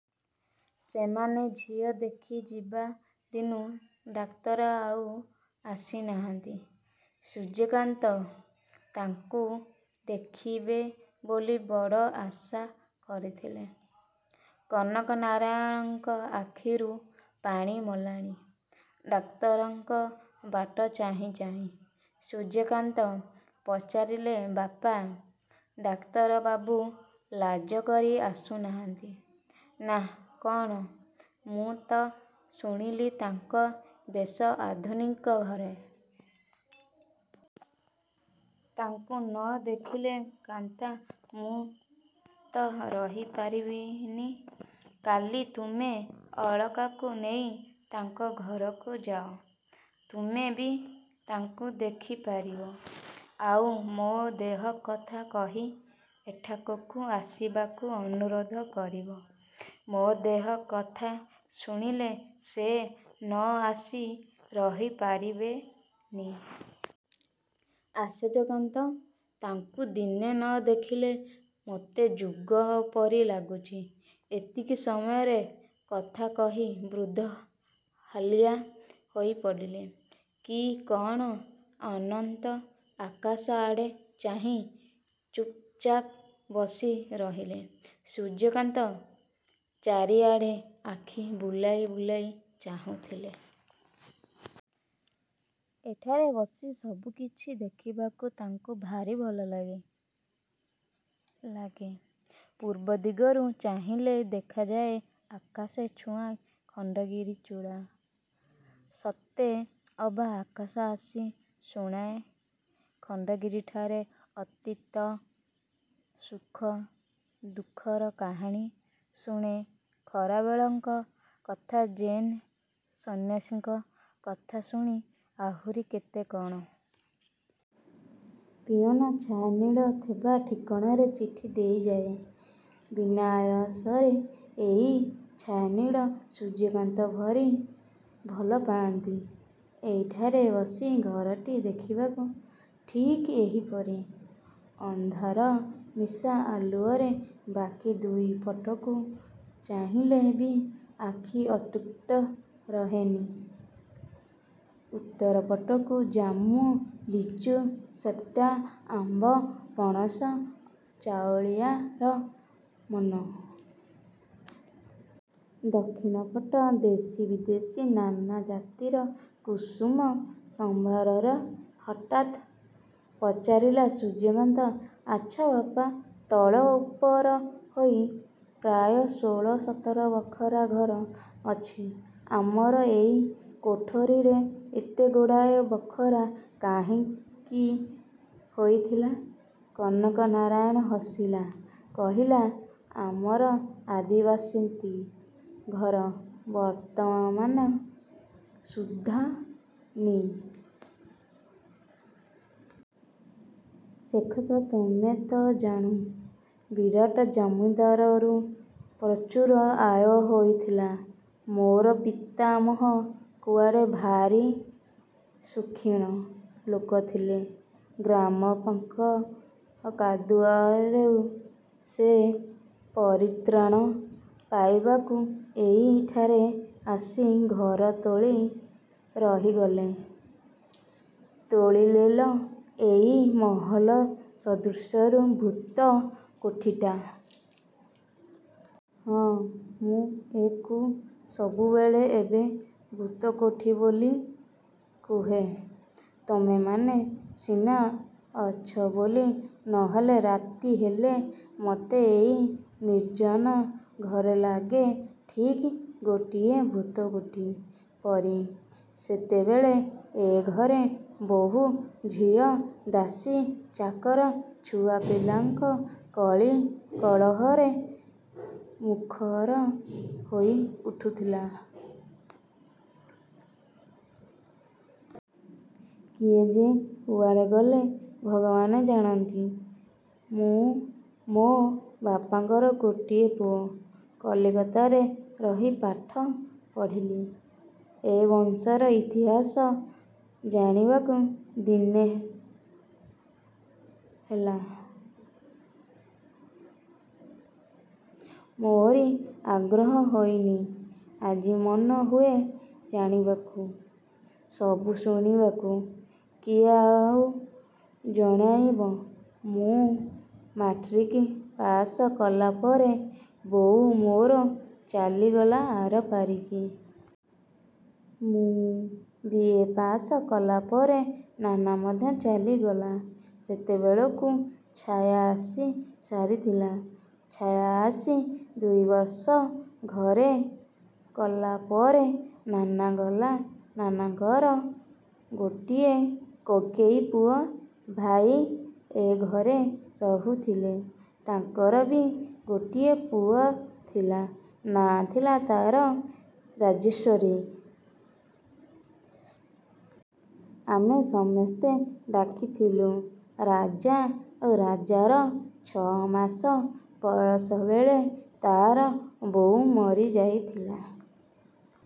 ସେମାନେ ଝିଅ ଦେଖିଯିବା ଦିନୁ ଡାକ୍ତର ଆଉ ଆସିନାହାନ୍ତି। ସୂର୍ଯ୍ୟକାନ୍ତ ତାଙ୍କୁ ଦେଖିବେ ବୋଲି ବଡ଼ ଆଶା କରିଥିଲେ। କନକ ନାରାୟଣଙ୍କ ଆଖିରୁ ପାଣି ମଲାଣି ଡାକ୍ତରଙ୍କ ବାଟ ଚାହିଁ ଚାହିଁ। ସୂର୍ଯ୍ୟକାନ୍ତ ପଚାରିଲେ ବାପା, ଡାକ୍ତରବାବୁ ଲାଜ କରି ଆସୁନାହାନ୍ତି ନା କ'ଣ? ମୁଁ ତ ଶୁଣିଲି ତାଙ୍କର ବେଶ୍ ଆଧୁନିକ ଘର। ତାକୁ ନ ଦେଖିଲେ କାନ୍ତ ମୁଁ ତ ରହି ପାରିବିନି। କାଲି ତୁମେ ଅଳକାକୁ ନେଇ ତାଙ୍କ ଘରକୁ ଯାଅ। ତୁମେ ବି ତାକୁ ଦେଖି ପାରିବ, ଆଉ ମୋ ଦେହ କଥା କହି ଏଠାକୁ ଆସିବାକୁ ଅନୁରୋଧ କରିବ। ମୋ ଦେହ କଥା ଶୁଣିଲେ ସେ ନ ଆସି ରହି ପାରିବନି। ଆଶ୍ଚର୍ଯ୍ୟ କାନ୍ତ, ତାକୁ ଦିନେ ନ ଦେଖିଲେ ମୋତେ ଯୁଗ ପରି ଲାଗୁଛି। ଏତିକି ସମୟ କଥା କହି ବୃଦ୍ଧ ହାଲିଆ ହୋଇ ପଡ଼ିଲେ କି କ'ଣ ଅନନ୍ତ ଆକାଶ ଆଡ଼େ ଚାହିଁ ଚୁପ୍ ଚାପ୍ ବସି ରହିଲେ। ସୂର୍ଯ୍ୟକାନ୍ତ ଚାରିଆଡ଼େ ଆଖି ବୁଲାଇ ବୁଲାଇ ଚାହୁଁଥିଲେ। ଏଇଠାରେ ବସି ସବୁ କିଛି ଦେଖିବାକୁ ତାଙ୍କୁ ଭାରି ଭଲ ଲାଗେ। ପୂର୍ବ ଦିଗକୁ ଚାହିଁଲେ ଦେଖାଯାଏ ଆକାଶ ଛୁଆଁ ଖଣ୍ଡଗିରି ଚୂଡ଼ା। ସତେଅବା ଆକାଶ ଆସି ଶୁଣେ ଖଣ୍ଡଗିରିଠାରୁ ଅତୀତର ସୁଖ ଦୁଃଖର କାହାଣୀ, ଶୁଣେ ଖାରବେଳଙ୍କ କଥା, ଜୈନ ସନ୍ନ୍ୟାସୀଙ୍କ କଥା, ଶୁଣେ ଆହୁରି କେତେ କ'ଣ। ପିଅନ "ଛାୟାନୀଡ଼" ଥିବା ଠିକଣାରେ ଚିଠି ଦେଇଯାଏ ବିନା ଆୟାସରେ। ଏଇ "ଛାୟାନୀଡ଼" ସୂର୍ଯ୍ୟକାନ୍ତ ଭାରି ଭଲ ପାଆନ୍ତି ଏଇଠାରେ ବସି ଘରଟି ଦେଖିବାକୁ ଠିକ୍ ଏହିପରି ଅନ୍ଧାର ମିଶା ଆଲୁଅରେ। ବାକି ଦୁଇପଟକୁ ଚାହିଁଲେ ବି ଆଖି ଅତୃପ୍ତ ରହେନି। ଉତ୍ତର ପଟେ ଜାମୁ, ଲୁଚି, ସେପେଟା, ଆମ୍ବ, ପଣସ ଓ ଚାଉଳିଆର ମନଲୋଭା ଉଦ୍ୟାନ। ଦକ୍ଷିଣପଟେ ଦେଶୀ ବିଦେଶୀ ନାନା ଜାତିର କୁସୁମ ସମ୍ଭାର। ହଠାତ୍ ପଚାରିଲେ ସୂର୍ଯ୍ୟକାନ୍ତ ଆଚ୍ଛା ବାପା, ତଳ ଉପର ହୋଇ ପ୍ରାୟ ଷୋହଳ ସତର ବଖରା ଘର ଅଛି ଆମର ଏଇ କୋଠାରେ। ଏତେଗୁଡ଼ାଏ ବଖରା କାହିଁକି ହୋଇଥିଲା? କନକ ନାରାୟଣ ହସିଲେ, କହିଲେ ଆମର ଆଦିବସତି ଘର ବର୍ତ୍ତମାନ ସୁଦ୍ଧା ନିମାପଡ଼ାରେ ଅଛି। ସେକଥା ତୁମେ ତ ଜାଣୁ। ବିରାଟ ଜମିଦାରୀରୁ ପ୍ରଚୁର ଆୟ ହେଉଥିଲା। ମୋର ପିତାମହ କୁଆଡ଼େ ଭାରି ସୌଖିନ୍ ଲୋକ ଥିଲେ। ଗ୍ରାମର ପଙ୍କ କାଦୁଅରୁ ସେ ପରିତ୍ରାଣ ପାଇବାକୁ ଏଇଠାରେ ଆସି ଘର ତୋଳି ରହିଗଲେ। ତୋଳିଲେ ଏଇ ମହଲ ସଦୃଶ ଭୂତ କୋଠିଟା। ହଁ, ମୁଁ ଏକୁ ସବୁବେଳେ ଏବେ ଭୂତକୋଠି ବୋଲି କହେ। ତୁମେମାନେ ସିନା ଅଛ ବୋଲି, ନହେଲେ ରାତି ହେଲେ ମତେ ଏଇ ନିର୍ଜନ ଘର ଲାଗେ ଠିକ୍ ଗୋଟାଏ ଭୂତକୋଠି ପରି। ସେତେବେଳେ ଏ ଘର ବୋହୂ, ଝିଅ, ଦାସୀ, ଚାକର ଛୁଆପିଲାଙ୍କ କଳି କୋଳାହଳରେ ମୁଖର ହୋଇ ଉଠୁଥିଲା। କିଏ, ଯେ କୁଆଡ଼େ ଗଲେ ଭଗବାନ ଜାଣନ୍ତି। ମୁଁ, ମୋ ବାପାଙ୍କର ଗୋଟିଏ ପୁଅ। କଲିକତାରେ ରହି ପାଠ ପଢ଼ିଲି। ଏ ବଂଶର ଇତିହାସ ଜାଣିବାକୁ ଦିନେହେଲେ ମୋରି ଆଗ୍ରହ ହୋଇନି। ଆଜି ମନହୁଏ ଜାଣିବାକୁ, ସବୁ ଶୁଣିବାକୁ। କିଏ ଆଉ ଜଣାଇବ! ମୁଁ ମାଟ୍ରିକ୍ ପାଶ୍ କଲାପରେ ବୋଉ ମୋର ଚାଲିଗଲେ ଆରପାରିକି। ମୁଁ ବି. ଏ. ପାଶ୍ କଲାପରେ ନନା ମଧ୍ୟ ଚାଲିଗଲେ। ସେତେବେଳକୁ ଛାୟା ଆସିସାରିଥିଲା। ଛାୟା ଆସି ଦୁଇବର୍ଷ ଘର କଲାପରେ ନନା ଗଲେ। ନନାଙ୍କର ଗୋଟିଏ କକେଇ ପୁଅ ଭାଇ ଏ ଘରେ ରହୁଥିଲେ। ତାଙ୍କର ବି ଗୋଟିଏ ପୁଅ ଥିଲା। ନାଁ ଥିଲା ତା'ର "ରାଜେଶ୍ୱର"। ଆମେ ସମସ୍ତେ ଡାକିଥିଲୁ "ରାଜା"। ରାଜାର ଛଅମାସ ବୟସ ବେଳେ ତା'ର ବୋଉ ମରିଯାଇଥିଲେ।